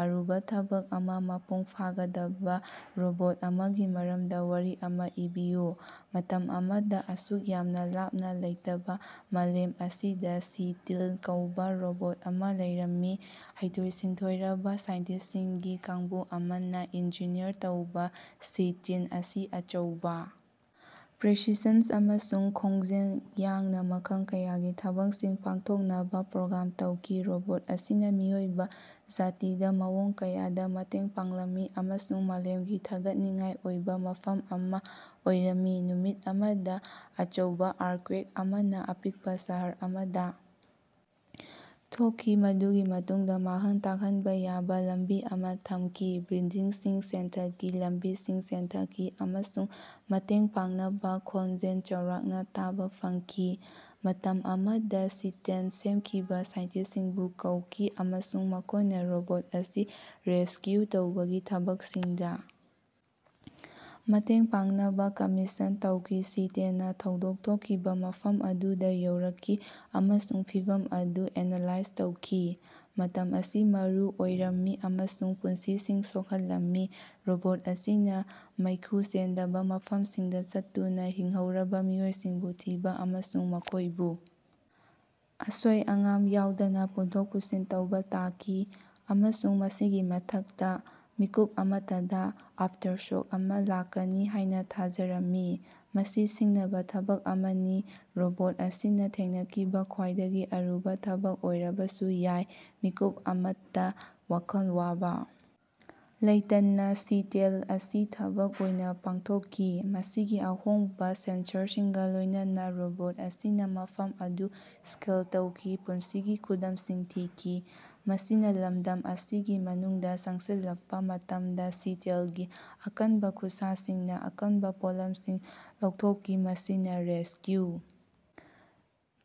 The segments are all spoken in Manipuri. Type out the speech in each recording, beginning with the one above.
ꯑꯔꯨꯕ ꯊꯕꯛ ꯑꯃ ꯃꯄꯨꯡ ꯐꯥꯍꯟꯒꯗꯕ ꯔꯣꯕꯣꯠ ꯑꯃꯒꯤ ꯃꯔꯝꯗ ꯋꯥꯔꯤ ꯑꯃ ꯏꯕꯤꯌꯨ꯫ ꯃꯇꯝ ꯑꯃꯗ, ꯑꯁꯨꯛ ꯌꯥꯝꯅ ꯂꯥꯞꯅ ꯂꯩꯇꯕ ꯃꯥꯂꯦꯝ ꯑꯃꯗ ꯁꯤ-ꯇꯦꯟ ꯀꯧꯕ ꯔꯣꯕꯣꯠ ꯑꯃ ꯂꯩꯔꯝꯃꯤ꯫ ꯍꯩꯊꯣꯏ-ꯁꯤꯡꯊꯣꯏꯔꯕ ꯁꯥꯏꯟꯇꯤꯁ꯭ꯇꯁꯤꯡꯒꯤ ꯀꯥꯡꯕꯨ ꯑꯃꯅ ꯏꯟꯖꯤꯅꯤꯌꯔ ꯇꯧꯕ ꯁꯤ-ꯇꯦꯟ ꯑꯁꯤ ꯑꯆꯧꯕ ꯄ꯭ꯔꯤꯁꯤꯁꯟ ꯑꯃꯁꯨꯡ ꯈꯣꯡꯖꯦꯜ ꯌꯥꯡꯅ ꯃꯈꯜ ꯀꯌꯥꯒꯤ ꯊꯕꯛꯁꯤꯡ ꯄꯥꯡꯊꯣꯛꯅꯕ ꯄ꯭ꯔꯣꯒ꯭ꯔꯥꯝ ꯇꯧꯈꯤ꯫ ꯔꯣꯕꯣꯠ ꯑꯁꯤꯅ ꯃꯤꯑꯣꯏꯕ ꯖꯥꯇꯤꯗ ꯃꯑꯣꯡ ꯀꯌꯥꯗ‌ ꯃꯇꯦꯡ ꯄꯥꯡꯂꯝꯃꯤ ꯑꯃꯁꯨꯡ ꯃꯥꯂꯦꯝꯒꯤ ꯊꯥꯒꯠꯅꯤꯡꯉꯥꯏ ꯑꯣꯏꯕ ꯃꯐꯝ ꯑꯃ ꯑꯣꯏꯔꯝꯃꯤ꯫ ꯅꯨꯃꯤꯠ ꯑꯃꯗ ꯑꯆꯧꯕ ꯑꯥꯔꯊꯀ꯭ꯋꯦꯛ ꯑꯃꯅ ꯑꯄꯤꯛꯄ ꯁꯍꯔ ꯑꯃꯗ ꯊꯣꯛꯈꯤ, ꯃꯗꯨꯒꯤ ꯃꯇꯨꯡꯗ ꯃꯥꯡꯍꯟ ꯇꯥꯛꯍꯟꯕ ꯌꯥꯕ‌ ꯂꯝꯕꯤ ꯑꯃ ꯊꯝꯈꯤ꯫ ꯕꯤꯜꯗꯤꯡꯁꯤꯡ ꯆꯦꯟꯊꯈꯤ, ꯂꯝꯕꯤꯁꯤꯡ ꯆꯦꯟꯊꯈꯤ, ꯑꯃꯁꯨꯡ ꯃꯇꯦꯡ ꯄꯥꯡꯅꯕ ꯈꯣꯟꯖꯦꯜ ꯆꯥꯎꯔꯥꯛꯅ ꯇꯥꯕ ꯐꯪꯈꯤ꯫ ꯃꯇꯝ ꯑꯃꯗ ꯁꯤ-ꯇꯦꯟ ꯁꯦꯝꯈꯤꯕ ꯁꯥꯏꯟꯇꯤꯁ꯭ꯇꯁꯤꯡꯕꯨ ꯀꯧꯈꯤ, ꯑꯃꯁꯨꯡ ꯃꯈꯣꯏꯅ ꯔꯣꯕꯣꯠ ꯑꯁꯤ ꯔꯦꯁꯀ꯭ꯌꯨ ꯇꯧꯕꯒꯤ ꯊꯕꯛꯁꯤꯡꯗ ꯃꯇꯦꯡ ꯄꯥꯡꯅꯕ ꯀꯝꯃꯤꯁꯟ ꯇꯧꯈꯤ꯫ ꯁꯤ-ꯇꯦꯟꯅ ꯊꯧꯗꯣꯛ ꯊꯣꯛꯈꯤꯕ ꯃꯐꯝ ꯑꯗꯨꯗ ꯌꯧꯔꯛꯈꯤ ꯑꯃꯁꯨꯡ ꯐꯤꯚꯝ ꯑꯗꯨ ꯑꯦꯅꯥꯂꯥꯏꯖ ꯇꯧꯈꯤ꯫ ꯃꯇꯝ ꯑꯁꯤ ꯃꯔꯨ ꯑꯣꯏꯔꯝꯃꯤ, ꯑꯃꯁꯨꯡ ꯄꯨꯟꯁꯤꯁꯤꯡ ꯁꯣꯛꯍꯜꯂꯝꯃꯤ꯫ ꯔꯣꯕꯣꯠ ꯑꯁꯤꯅ ꯃꯩꯈꯨ ꯆꯦꯟꯗꯕ ꯃꯐꯝꯁꯤꯡꯗ ꯆꯠꯇꯨꯅ ꯍꯤꯡꯍꯧꯔꯕ ꯃꯤꯑꯣꯏꯁꯤꯡ ꯊꯤꯕ ꯑꯃꯁꯨꯡ ꯃꯈꯣꯏꯕꯨ ꯑꯁꯣꯏ ꯑꯉꯥꯝ ꯌꯥꯎꯗꯅ ꯄꯨꯊꯣꯛ ꯄꯨꯁꯤꯟ ꯇꯧꯕ ꯇꯥꯈꯤ꯫ ꯑꯃꯁꯨꯡ ꯃꯁꯤꯒꯤ ꯃꯊꯛꯇ, ꯃꯤꯀꯨꯞ ꯑꯃꯠꯇꯗ ꯑꯐꯇꯔꯁꯣꯛ ꯑꯃ ꯂꯥꯛꯀꯅꯤ ꯍꯥꯏꯅ ꯊꯥꯖꯔꯝꯃꯤ꯫ ꯃꯁꯤ ꯁꯤꯡꯅꯕ ꯊꯕꯛ ꯑꯃꯅꯤ, ꯔꯣꯕꯣꯠ ꯑꯁꯤꯅ ꯊꯦꯡꯅꯈꯤꯕ ꯈ꯭ꯋꯥꯏꯗꯒꯤ ꯑꯔꯨꯕ ꯊꯕꯛ ꯑꯣꯏꯔꯕꯁꯨ ꯌꯥꯏ꯫ ꯃꯤꯀꯨꯞ ꯑꯃꯠꯇ ꯋꯥꯈꯜ ꯋꯥꯕ ꯂꯩꯇꯅ ꯁꯤ-ꯇꯦꯟ ꯑꯁꯤ ꯊꯕꯛ ꯑꯣꯏꯅ ꯄꯥꯡꯊꯣꯛꯈꯤ꯫ ꯃꯁꯤꯒꯤ ꯑꯍꯣꯡꯕ ꯁꯦꯟꯁꯔꯁꯤꯡꯒ ꯂꯣꯏꯅꯅ ꯔꯣꯕꯣꯠ ꯑꯁꯤꯅ ꯃꯐꯝ ꯑꯗꯨ ꯁ꯭ꯀꯦꯟ ꯇꯧꯈꯤ, ꯄꯨꯟꯁꯤꯒꯤ ꯈꯨꯗꯝꯁꯤꯡ ꯊꯤꯈꯤ꯫ ꯃꯁꯤꯅ ꯂꯝꯗꯝ ꯑꯁꯤꯒꯤ ꯃꯅꯨꯡꯗ ꯆꯪꯁꯤꯜꯂꯛꯄ ꯃꯇꯝꯗ ꯁꯤ-ꯇꯦꯟꯒꯤ ꯑꯀꯟꯕ ꯈꯨꯠꯁꯥꯁꯤꯡꯅ ꯑꯀꯟꯕ ꯄꯣꯠꯂꯝꯁꯤꯡ ꯂꯧꯊꯣꯛꯈꯤ, ꯃꯁꯤꯅ ꯔꯦꯁꯀ꯭ꯌꯨ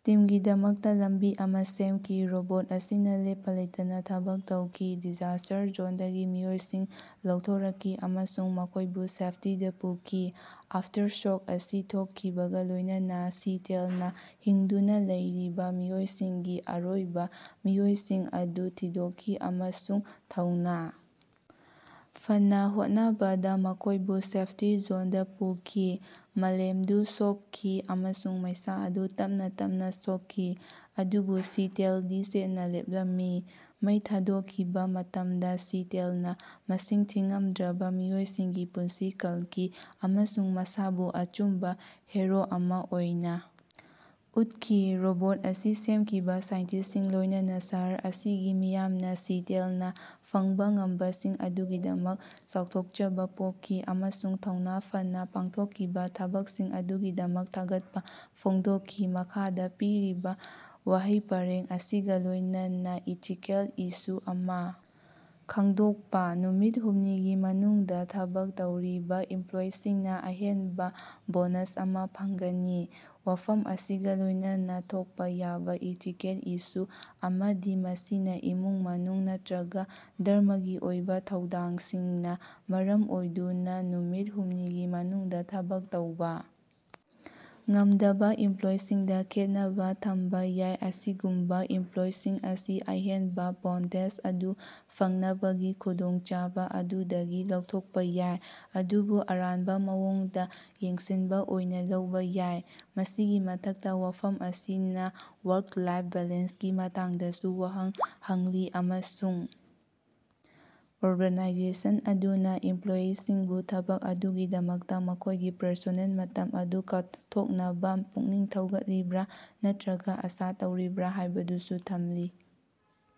ꯇꯤꯝꯒꯤꯗꯃꯛꯇ ꯂꯝꯕꯤ ꯑꯃ ꯁꯦꯝꯈꯤ꯫ ꯔꯣꯕꯣꯠ ꯑꯁꯤꯅ ꯂꯦꯞꯄ ꯂꯩꯇꯅ ꯊꯕꯛ ꯇꯧꯈꯤ, ꯗꯤꯖꯥꯁ꯭ꯇꯔ ꯖꯣꯟꯗꯒꯤ ꯃꯤꯑꯣꯏꯁꯤꯡ ꯂꯧꯊꯣꯛꯈꯤ ꯑꯃꯁꯨꯡ ꯃꯈꯣꯏꯕꯨ ꯁꯦꯐꯇꯤꯗ ꯄꯨꯈꯤ꯫ ꯑꯥꯐꯇꯔꯁꯣꯛ ꯑꯁꯤ ꯊꯣꯛꯈꯤꯕꯒ ꯂꯣꯏꯅꯅ ꯁꯤ-ꯇꯦꯟ ꯅꯥ ꯍꯤꯡꯗꯨꯅ ꯂꯩꯔꯤꯕꯥ ꯃꯤꯑꯣꯏꯁꯤꯡꯒꯤ ꯑꯔꯣꯏꯕ ꯃꯤꯑꯣꯏꯁꯤꯡ ꯑꯗꯨ ꯊꯤꯗꯣꯛꯈꯤ, ꯑꯃꯁꯨꯡ ꯊꯧꯅ ꯐꯅꯥ ꯍꯣꯠꯅꯕꯗ ꯃꯈꯣꯏꯕꯨ ꯁꯦꯐꯇꯤ ꯖꯣꯟꯗ ꯄꯨꯈꯤ꯫ ꯃꯥꯂꯦꯝꯗꯨ ꯁꯣꯛꯈꯤ, ꯑꯃꯁꯨꯡ ꯃꯩꯁꯥ ꯑꯗꯨ ꯇꯞꯅꯥ ꯇꯞꯅꯥ ꯁꯣꯛꯈꯤ, ꯑꯗꯨꯕꯨ ꯁꯤ-ꯇꯦꯟꯗꯤ ꯆꯦꯠꯅ ꯂꯦꯞꯂꯝꯃꯤ꯫ ꯃꯩ ꯊꯥꯗꯣꯛꯈꯤꯕ ꯃꯇꯝꯗ ꯁꯤ-ꯇꯦꯟꯅꯥ ꯃꯁꯤꯡ ꯊꯤꯉꯝꯗ꯭ꯔꯕ ꯃꯤꯑꯣꯏꯁꯤꯡꯒꯤ ꯄꯨꯟꯁꯤ ꯀꯟꯈꯤ, ꯑꯃꯁꯨꯡ ꯃꯁꯥꯕꯨ ꯑꯆꯨꯝꯕ ꯍꯤꯔꯣ ꯑꯃ ꯑꯣꯏꯅ ꯎꯠꯈꯤ꯫ ꯔꯣꯕꯣꯠ ꯑꯁꯤ ꯁꯦꯝꯈꯤꯕ ꯁꯥꯏꯟꯇꯤꯁ꯭ꯇꯁꯤꯡ, ꯂꯣꯏꯅꯅ ꯁꯍꯔ ꯑꯁꯤꯒꯤ ꯃꯤꯌꯥꯝꯅ ꯁꯤ-ꯇꯦꯟ ꯅꯥ ꯐꯪꯕ‌ ꯉꯝꯕꯁꯤꯡ ꯑꯗꯨꯒꯤꯗꯃꯛ ꯆꯥꯎꯊꯣꯛꯆꯕ ꯄꯣꯛꯈꯤ, ꯑꯃꯁꯨꯡ ꯊꯧꯅ ꯐꯅꯥ ꯄꯥꯡꯊꯣꯛꯈꯤꯕ ꯊꯕꯛꯁꯤꯡ ꯑꯗꯨꯒꯤꯗꯃꯛ ꯊꯥꯒꯠꯄ ꯐꯣꯡꯗꯣꯛꯈꯤ꯫ ꯃꯈꯥꯗ ꯄꯤꯔꯤꯕꯥ ꯋꯥꯍꯩ ꯄꯔꯦꯡ ꯑꯁꯤꯒ ꯂꯣꯏꯅꯅ ꯏꯊꯤꯀꯦꯜ ꯏꯁꯨ ꯑꯃ ꯈꯪꯗꯣꯛꯄ꯫ ꯅꯨꯃꯤꯠ ꯍꯨꯝꯅꯤꯒꯤ ꯃꯅꯨꯡꯗ ꯊꯕꯛ ꯇꯧꯔꯤꯕ ꯏꯝꯄ꯭ꯂꯣꯌꯤꯁꯤꯡꯅ ꯑꯍꯦꯟꯕ ꯕꯣꯅꯥꯁ ꯑꯃ ꯐꯪꯒꯅꯤ꯫ ꯋꯥꯐꯝ ꯑꯁꯤꯒ ꯂꯣꯏꯅꯅ ꯊꯣꯛꯄ ꯌꯥꯕ ꯏꯊꯤꯀꯦꯜ ꯏꯁꯨ ꯑꯃꯗꯤ ꯃꯁꯤꯅ ꯏꯃꯨꯡ ꯃꯅꯨꯡ ꯅꯠꯇꯔꯒ ꯙꯔꯝꯃꯒꯤ ꯑꯣꯏꯕ ꯊꯧꯗꯥꯡꯁꯤꯡꯅ ꯃꯔꯝ ꯑꯣꯏꯗꯨꯅ ꯅꯨꯃꯤꯠ ꯍꯨꯝꯅꯤꯒꯤ ꯃꯅꯨꯡꯗ ꯊꯕꯛ ꯇꯧꯕ ꯉꯝꯗꯕ ꯏꯝꯄ꯭ꯂꯣꯌꯤꯁꯤꯡꯗ ꯈꯦꯠꯅꯕ‌ ꯊꯝꯕ ꯌꯥꯏ꯫ ꯑꯁꯤꯒꯨꯝꯕ ꯏꯝꯄ꯭ꯂꯣꯌꯤꯁꯤꯡ ꯑꯁꯤ ꯑꯍꯦꯟꯕ ꯕꯣꯟꯗꯦꯖ ꯑꯗꯨ ꯐꯪꯅꯕꯒꯤ ꯈꯨꯗꯣꯡꯆꯥꯕ ꯑꯗꯨꯗꯒꯤ ꯂꯧꯊꯣꯛꯄ ꯌꯥꯏ, ꯃꯗꯨꯕꯨ ꯑꯔꯥꯟꯕ ꯃꯑꯣꯡꯗ ꯌꯦꯡꯁꯤꯟꯕ ꯑꯣꯏꯅ‌ ꯂꯧꯕ ꯌꯥꯏ꯫ ꯃꯁꯤꯒꯤ ꯃꯊꯛꯇ, ꯋꯥꯐꯝ ꯑꯁꯤꯅ ꯋꯥꯔꯛ-ꯂꯥꯏꯐ ꯕꯦꯂꯦꯟꯁꯀꯤ ꯃꯇꯥꯡꯗꯁꯨ ꯋꯥꯍꯪ ꯍꯪꯂꯤ ꯑꯃꯁꯨꯡ ꯑꯣꯔꯒꯥꯅꯥꯏꯖꯦꯁꯟ ꯑꯗꯨꯅ ꯏꯝꯄ꯭ꯂꯣꯌꯤꯁꯤꯡꯕꯨ ꯊꯕꯛ ꯑꯗꯨꯒꯤꯗꯃꯛꯇ ꯃꯈꯣꯏꯒꯤ ꯄꯔꯁꯣꯅꯦꯜ ꯃꯇꯝ ꯑꯗꯨ ꯀꯠꯊꯣꯛꯅꯕ ꯄꯨꯛꯅꯤꯡ ꯊꯧꯒꯠꯂꯤꯕ꯭ꯔꯥ ꯅꯠꯇꯔꯒ ꯑꯥꯁꯥ ꯇꯧꯔꯤꯕ꯭ꯔꯥ ꯍꯥꯏꯕꯗꯨꯁꯨ ꯊꯝꯂꯤ꯫